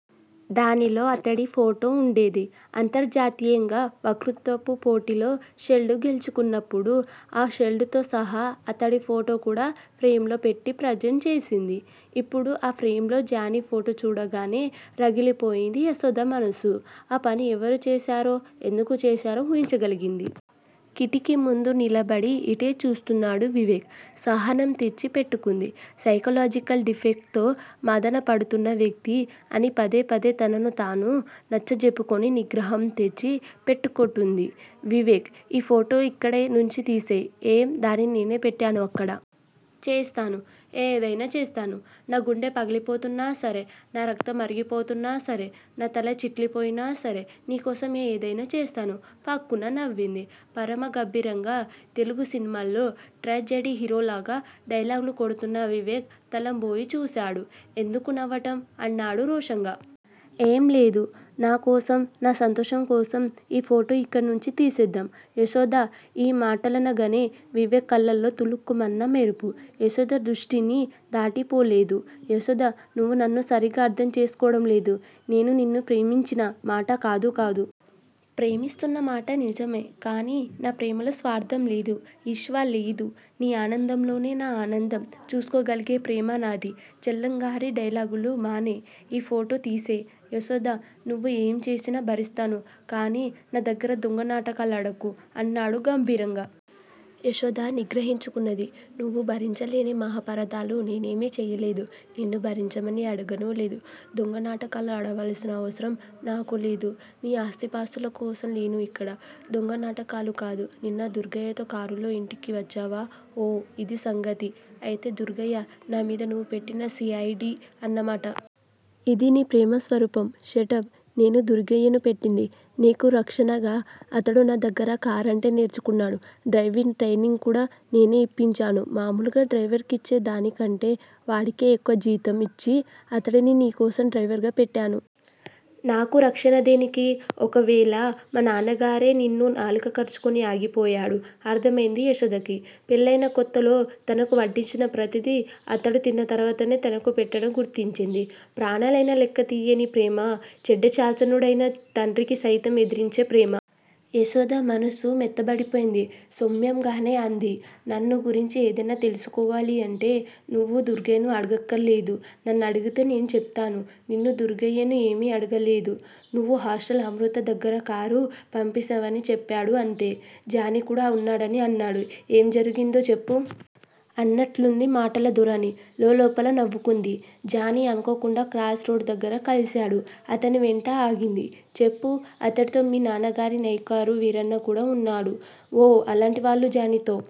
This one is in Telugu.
దానిలో అతడి ఫోటో ఉండేది. అంతర్జాతీయంగా వక్తృత్వపు పోటీల్లో షీల్డ్ గెలుచుకున్నప్పుడు, ఆ షీల్డ్ తో సహా అతడి ఫోటో కూడా ఆ ఫ్రేంలో పెట్టి ప్రెజెంట్ చేసింది. ఇప్పుడు ఆ ఫ్రేంలో జానీ ఫోటో చూడగానే, రగిలిపోయింది యశోద మనసు. ఆ పని ఎవరు చేశారో, ఎందుకు చేశారో, ఊహించగలిగింది. కిటికీ ముందు నిలబడి ఇటే చూస్తున్నాడు వివేక్. సహనం తెచ్చి పెట్టుకుంది సైకలాజికల్ డిఫెక్ట్ తో మధనపడుతున్న వ్యక్తి అని పదే పదే తనను తను నచ్చజెప్పుకుని నిగ్రహం తెచ్చి పెట్టుకుంటోంది. వివేక్! ఈ ఫోటో ఇక్కడ నుంచి తీసెయ్! ఏం? దానిని నేనే పెట్టాను అక్కడ. చేస్తాను. ఏదైనా చేస్తాను. నాగుండె పగిలిపోతున్నా సరే!. నా రక్తం మరిగిపోతున్నాసరే! నా తల చిట్లిపోయినా సరే! నీకోసం ఏదైనా చేస్తాను. ఫక్కున నవ్వింది. పరమ గంభీరంగా, తెలుగు సినిమాల్లో ట్రాజెడీ హీరోలాగా, డైలాగులు కొడుతున్న వివేక్ తెల్లబోయి చూశాడు. ఎందుకు నవ్వటం? అన్నాడు రోషంగా. ఏం లేదు నాకోసం, నా సంతోషం కోసం ఈ ఫోటో ఇక్కడి నుంచి తీసేద్దాం? యశోద ఈ మాటలనగానే, వివేక్ కళ్లలో తళుక్కుమన్న మెరుపు యశోద దృష్టిని దాటి పోలేదు. యశోదా! నువ్వు నన్ను సరిగా అర్థం చేసుకోవడం లేదు నేను నిన్ను ప్రేమించిన మాట కాదు కాదు! ప్రేమిస్తున్న మాట నిజమే! కానీ నా ప్రేమలో స్వార్థం లేదు. ఈర్ష్య లేదు. నీ ఆనందంలోనే నా అనందం చూసుకోగలిగే ప్రేమనాది. చల్లంగారి డైలాగులు మానెయ్ ఈ ఫోటో తీసెయ్. యశోదా! నువ్వు యేం చేసినా భరిస్తాను, కానీ నాదగ్గర దొంగ నాటకాలాడకు అన్నాడు గంభీరంగా. యశోద నిగ్రహించుకుంది నువ్వు భరించలేని మహాపరాధాలు నేనేమీ చెయ్యలేదు. నిన్ను భరించమని అడగనూ లేదు. దొంగ నాటకాలాడవలసిన అవసరం నాకు లేదు! నీ ఆస్థిపాస్తుల కోసం లేను ఇక్కడ. దొంగ నాటకాలు కాదూ! నిన్న దుర్గయ్యతో కారులో ఇంటికి వచ్చావా? ఓ! ఇదీ సంగతి! అయితే, దుర్గయ్య నా మీద నువ్వు పెట్టిన సి ఐ డి అన్నమాట! ఇదీ నీ ప్రేమ స్వరూపం. షటప్! నేను దుర్గయ్యను పెట్టింది, నీకు రక్షణగా. అతడు నా దగ్గర కరాటే నేర్చుకున్నాడు డ్రైవింగ్ ట్రైనింగ్ కూడా నేనే ఇప్పించాను. మామూలుగా డ్రైవర్ కిచ్చే దానికంటే వాడికి ఎక్కువ జీతం ఇచ్చి, అతడిని నీకోసం డ్రైవర్ గా పెట్టాను. నాకు రక్షణ దేనికీ? ఒకవేళ మా నాన్నగారే నిన్ను నాలుక కరుచుకుని ఆగిపోయాడు. అర్థమయింది యశోదకి. పెళ్ళయిన కొత్తల్లో, తనకు వడ్డించిన ప్రతిదీ అతడు తిన్న తర్వాతనే తనకు పెట్టడం గుర్తొచ్చింది. ప్రాణాలయినా లెక్క చేయని ప్రేమ. ఛండ శాసనుడయిన తండ్రిని సైతం ఎదిరించే ప్రేమ! యశోద మనసు మెత్తబడిపోయింది సౌమ్యంగానే అంది నన్ను గురించి ఏదైనా తెలుసుకోవాలనుకుంటే నువ్వు దుర్గయ్యను అడగక్కరలేదు. నన్నడిగితే నేనే చెపుతాను నేను దుర్గయ్యను ఏమి అడగలేదు. నువ్వు హోటల్ అమృతా దగ్గర కారు పంపేశావని చెప్పాడు అంతే. జానీ కూడా ఉన్నాడని అన్నాడు. ఏం జరిగిందో చెప్పు? అన్నట్లుంది మాటల ధోరణి. లోలోపల నవ్వుకుంది. జానీ అనుకోకుండా, క్రాస్ రోడ్స్ దగ్గర కలిశాడు!. అతని వెంట ఆగింది. చెప్పు? అతడితో మీ నాన్నగారి నౌకరు వీరన్న కూడా ఉన్నాడు. ఓ! అలాంటి వాళ్ళు జానీతో